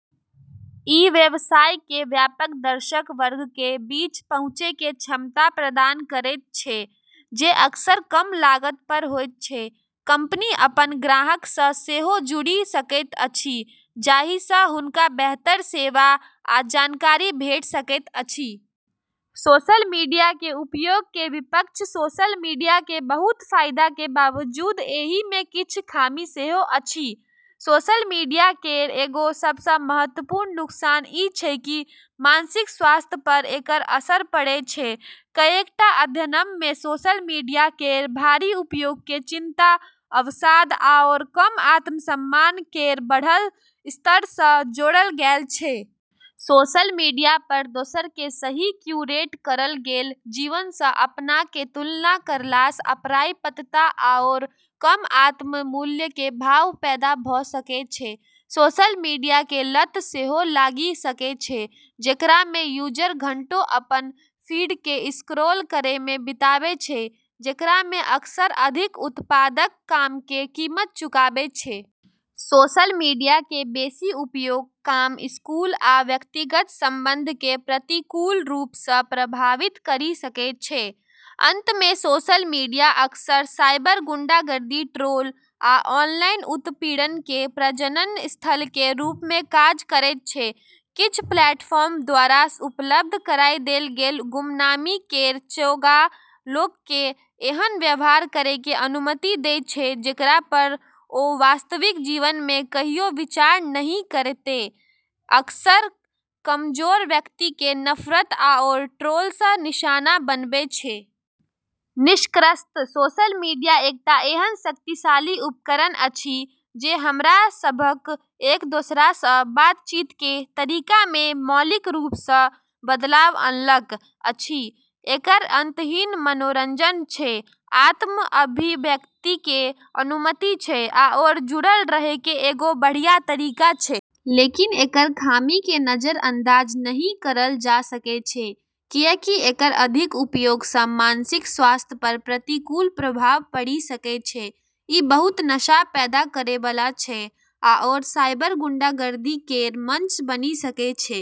ई व्यवसायके व्यापक दर्शक वर्गके बीच पहुँचैके क्षमता प्रदान करैत छै, जे अक्सर कम लागत पर होइत छै। कंपनी अपन ग्राहकसँ सेहो जुड़ि सकैत अछि, जाहिसँ हुनका बेहतर सेवा आ जानकारी भेट सकैत अछि। सोशल मीडियाके उपयोगके विपक्ष सोशल मीडियाके बहुत फाइदाके बावजूद एहिमे किछ खामी सेहो अछि। सोशल मीडिया केर एगो सबसँ महत्वपूर्ण नुकसान ई छै कि मानसिक स्वास्थ्य पर एकर असर पड़ै छै। कएक टा अध्ययनमे सोशल मीडिया केर भारी उपयोगके चिंता, अवसाद, आओर कम आत्मसम्मान केर बढ़ल स्तरसँ जोड़ल गेल छै। सोशल मीडिया पर दोसरके सही क्यूरेट करल गेल जीवनसँ अपनाके तुलना करलासँ अपर्याप्तता आओर कम आत्म-मूल्यके भाव पैदा भ' सकै छै। सोशल मीडियाके लत सेहो लागि सकै छै, जेकरामे यूजर घंटों अपन फीडके स्क्रॉल करैमे बिताबै छै, जेकरामे अक्सर अधिक उत्पादक कामके कीमत चुकाबै छै। सोशल मीडियाके बेशी उपयोग काम, स्कूल, आ व्यक्तिगत संबंधके प्रतिकूल रूपसँ प्रभावित करि सकै छै। अंतमे, सोशल मीडिया अक्सर साइबर गुंडागर्दी, ट्रोल, आ ऑनलाइन उत्पीड़नके प्रजनन स्थलके रूपमे काज करैत छै। किछ प्लेटफार्म द्वारा उपलब्ध कराय देल गेल गुमनामी केर चोगा लोकके एहन व्यवहार करैके अनुमति दै छै जेकरा पर ओ वास्तविक जीवनमे कहियो विचार नहि करतै, अक्सर कमजोर व्यक्तिके नफरत आओर ट्रोलसँ निशाना बनबै छै। निष्कर्षतः सोशल मीडिया एकटा एहन शक्तिशाली उपकरण अछि जे हमरा सभक एक दोसरासँ बातचीतके तरीकामे मौलिक रूपसँ बदलाव अनलक अछि। एकर अंतहीन मनोरंजन छै, आत्म-अभिव्यक्तिके अनुमति छै, आओर जुड़ल रहैके एगो बढ़िया तरीका छै। लेकिन एकर खामीके नजरअंदाज नहि करल जा सकै छै, किएकि एकर अधिक उपयोगसँ मानसिक स्वास्थ्य पर प्रतिकूल प्रभाव पड़ि सकै छै, ई बहुत नशा पैदा करैबला छै, आओर साइबर गुंडागर्दी केर मंच बनि सकै छै।